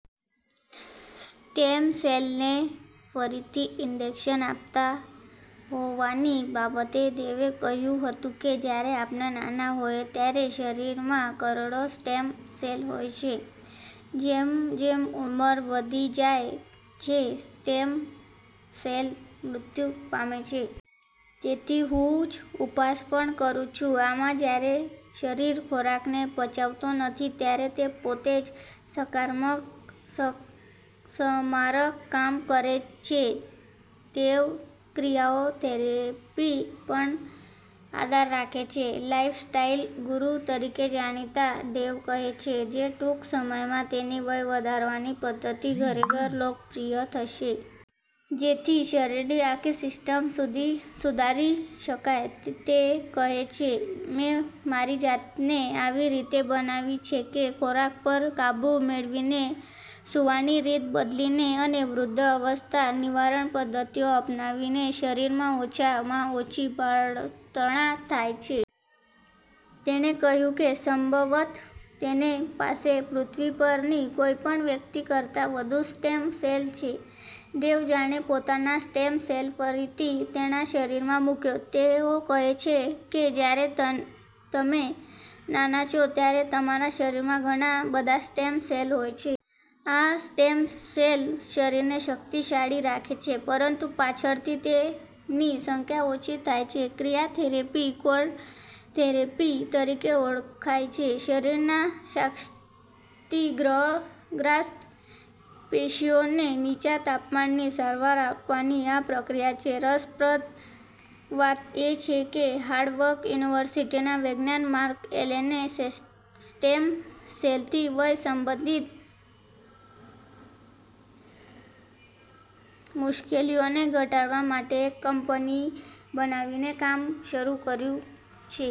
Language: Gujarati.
સ્ટેમ સેલને ફરીથી ઇન્જેક્શન આપતા હોવાની બાબતે દવેએ કહ્યું હતું કે, જ્યારે આપણે નાના હોઈએ ત્યારે શરીરમાં કરોડો સ્ટેમ સેલ હોય છે. જેમ જેમ ઉંમર વધતી જાય છે, સ્ટેમ સેલ્સ મૃત્યુ પામે છે. તેથી જ હું ઉપવાસ પણ કરું છું. આમાં જ્યારે શરીર ખોરાકને પચાવતો નથી ત્યારે તે પોતે જ સમારકામ કરે છે. ડેવ ક્રિઓથેરાપી પર પણ આધાર રાખે છે. લાઈફસ્ટાઈલ ગુરુ તરીકે જાણીતા ડેવ કહે છે કે, ટૂંક સમયમાં તેની વય વધારવાની પદ્ધતિ ઘરે ઘરે લોકપ્રિય થશે. જેથી શરીરની આખી સિસ્ટમ સુધારી શકાય. તે કહે છે, 'મેં મારી જાતને એવી રીતે બનાવી છે કે ખોરાક પર કાબુ મેળવીને, સૂવાની રીત બદલીને અને વૃદ્ધાવસ્થા નિવારણ પદ્ધતિઓ અપનાવીને શરીરમાં ઓછામાં ઓછી બળતરા થાય. તેણે કહ્યું કે સંભવત: તેની પાસે પૃથ્વી પરની કોઈપણ વ્યક્તિ કરતા વધુ સ્ટેમ સેલ છે. ડેવ, જેણે પોતાના સ્ટેમ સેલ ફરીથી તેના શરીરમાં મૂક્યા છે. તેઓ કહે છે કે જ્યારે તમે નાના છો, ત્યારે તમારા શરીરમાં ઘણા બધા સ્ટેમ સેલ હોય છે. આ સ્ટેમ સેલ શરીરને શક્તિશાળી રાખે છે. પરંતુ પાછળથી તેમની સંખ્યા ઓછી થાય છે. ક્રિઓથેરાપી કોલ્ડ થેરેપી તરીકે ઓળખાય છે. શરીરના ક્ષતિગ્રસ્ત પેશીઓને નીચા તાપમાને સારવાર આપવાની આ પ્રક્રિયા છે. રસપ્રદ વાત એ છે કે, હાર્વર્ડ યુનિવર્સિટીના વૈજ્ઞાનિક માર્ક એલેને સ્ટેમ સેલ્સથી વય સંબંધિત મુશ્કેલીઓને ઘટાડવા માટે એક કંપની બનાવીને કામ શરૂ કર્યું છે.